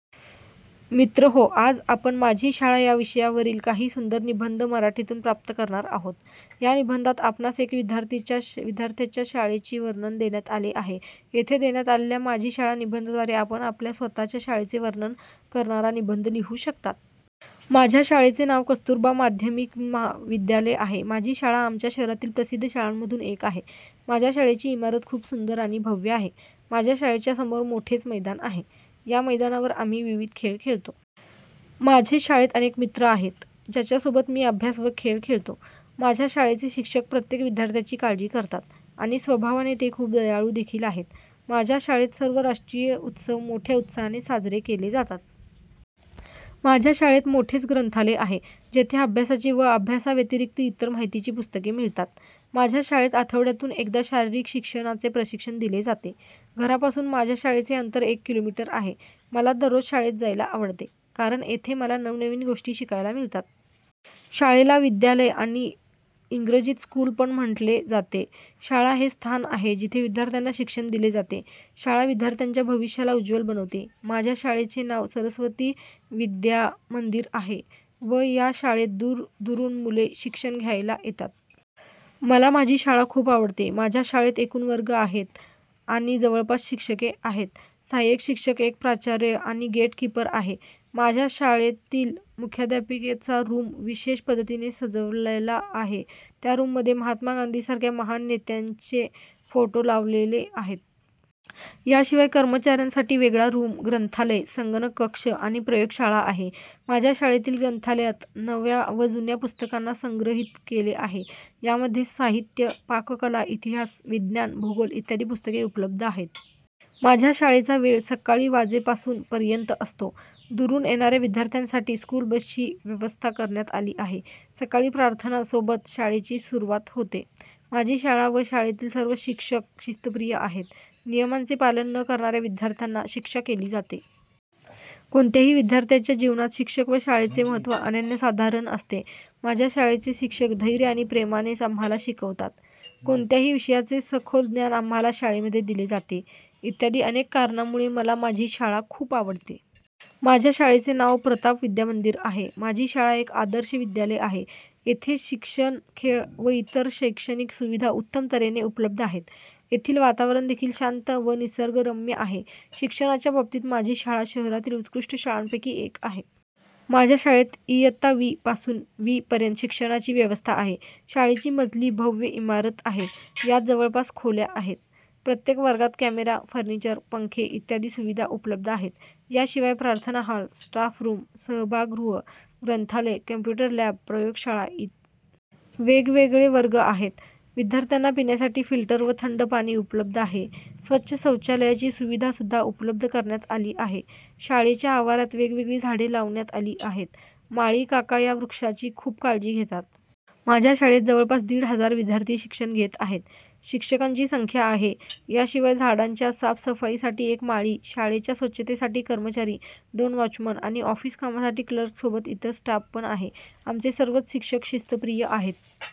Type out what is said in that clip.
: मित्रहो आज आपण माझी शाळा या विषयावरील काही सुंदर निबंध मराठीतून प्राप्त करणार आहोत. या निबंधात आपणास एक विद्यार्थ्याच्या शाळेचे वर्णन देण्यात आलेले आहे. येथे देण्यात आलेल्या माझी शाळा निबंध द्वारे आपण आपल्या स्वतः च्या शाळेचे वर्णन करणार निबंध लिहू शकतात. माझ्या शाळेचे नाव कस्तुरबा माध्यमिक विद्यालय आहे. माझी शाळा आमच्या शहरातील प्रसिद्ध शाळांमधून एक आहे. माझ्या शाळेची इमारत खूप सुंदर आणि भव्य आहे. माझ्या शाळेच्या समोर मोठेच मैदान आहे, या मैदानावर आम्ही विविध खेळ खेळतो. माझे शाळेत अनेक मित्र आहेत, ज्यांच्या सोबत मी अभ्यास व खेळ खेळतो. माझ्या शाळेचे शिक्षक प्रत्येक विद्यार्थ्यांची काळजी करतात आणि स्वभावाने ते खूप दयाळू देखील आहेत. माझ्या शाळेत सर्व राष्ट्रीय उत्सव मोठ्या उत्साहाने साजरे केले जातात. माझ्या शाळेत मोठेच ग्रंथालय आहे, जेथे अभ्यासाची व अभ्यासाव्यतिरिक्त इतर माहितीची पुस्तके मिळतात. माझ्या शाळेत आठवड्यातून एकदा शारीरिक शिक्षणाचे प्रशिक्षण दिले जाते. घरापासून माझ्या शाळेचे अंतर एक किलोमीटर आहे. मला दररोज शाळेत जायला आवडते, कारण येथे मला नवनवीन गोष्टी शिकायला मिळतात. शाळेला विद्यालय व इंग्रजीत स्कूल पण म्हटले जाते. शाळा असे स्थान आहे जेथे विद्यार्थ्याना शिक्षण दिले जाते. शाळा विद्यार्थ्याच्या भविष्याला उज्वल बनवते. माझ्या शाळेचे नाव सरस्वती विद्या मंदिर आहे व या शाळेत दूर दुरून मुले शिक्षण घ्यायायला येतात. मला माझी शाळा खूप आवडते. माझ्या शाळेत एकूण वर्ग आहेत आणि जवळपास शिक्षके आहेत. सहायक शिक्षक, एक प्राचार्य आणि गेट कीपर आहेत. माझ्या शाळेतील मुख्यध्यापकाचा रूम विशेष पद्धतीने सजवलेला आहे. त्या रूममध्ये महात्मा गांधी सारख्या महान नेत्याचे फोटो लावलेले आहेत. या शिवाय कर्मचाऱ्यासाठी वेगळा रूम, ग्रंथालय, संगणक कक्ष आणि प्रयोग शाळा आहे. माझ्या शाळेतील ग्रंथालयात नव्या व जुन्या पुस्तकाना संग्रहित केले आहे. या मध्ये साहित्य, पाककला, इतिहास, विज्ञान, भूगोल इत्यादि पुस्तके उपलब्ध आहेत. माझ्या शाळेचा वेळ सकाळी वाजेपासून पर्यन्त असतो. दुरून येणाऱ्या विद्यार्थी साठी स्कूल बस ची व्यवस्था करण्यात आली आहे. सकाळी प्रार्थना सोबत शाळेची सुरुवात होते. माझी शाळा व शाळेतील सर्व शिक्षक शिस्तप्रिय आहेत, नियमांचे पालन न करणाऱ्या विद्यार्थीनां शिक्षा केली जाते. कोणत्याही विद्यार्थी च्या जीवनात शिक्षक व शाळेचे महत्व अनन्यसाधारण असते. माझ्या शाळेचे शिक्षक धैर्य आणि प्रेमाने आम्हाला शिकवतात. कोणत्याही विषयाचे सखोल ज्ञान आम्हाला शाळेमध्ये दिले जाते. इत्यादि अनेक कारणामुळे मला माझी शाळा खूप आवडते. माझ्या शाळेचे नाव प्रताप विद्यामंदिर आहे. माझी शाळा एक आदर्श विद्यालय आहे. येथे शिक्षण, खेळ व इतर शैक्षणिक सुविधा उत्तम तऱ्हेने उपलब्ध आहेत. येथील वातावरण देखील शांत व निसर्ग रम्य आहे. शिक्षणाच्या बाबतीत माझी शाळा शहरातील उत्कृष्ट शाळांपैकी एक आहे. माझ्या शाळेत इयत्ता वी पासून वी पर्यंत शिक्षणाची व्यवस्था आहे. शाळेची मजली भव्य इमारत आहे. यात जवळपास खोल्या आहेत. प्रत्येक वर्गात कॅमेरा, फर्निचर, पंखे इत्यादी सुविधा उपलब्ध आहेत. या शिवाय प्रार्थना हॉल, स्टाफ रूम, सभागृह, ग्रंथालय, कॉम्प्युटर लॅब, प्रयोग शाळा ई. वेगवेगळे वर्ग आहेत. विद्यार्थ्यांना पिण्यासाठी फिल्टर व थंड पाणी उपलब्ध आहे. स्वच्छ शौचालयाची सुविधा सुद्धा उपलब्ध करण्यात आली आहे. शाळेच्या आवारात वेगवेगळी झाडे लावण्यात आली आहेत. माळी काका या वृक्षांची खूप काळजी घेतात. माझ्या शाळेत जवळपास दीड हजार विद्यार्थी शिक्षण घेत आहेत. शिक्षकांची संख्या आहे, याशिवाय झाडांच्या साफ सफाई साठी एक माळी, शाळेच्या स्वछतेसाठी कर्मचारी, दोन वॉचमन आणि ऑफिस कामासाठी क्लर्क सोबत इतर स्टाफ पण आहे. आमचे सर्वच शिक्षक शिस्त प्रिय आहेत.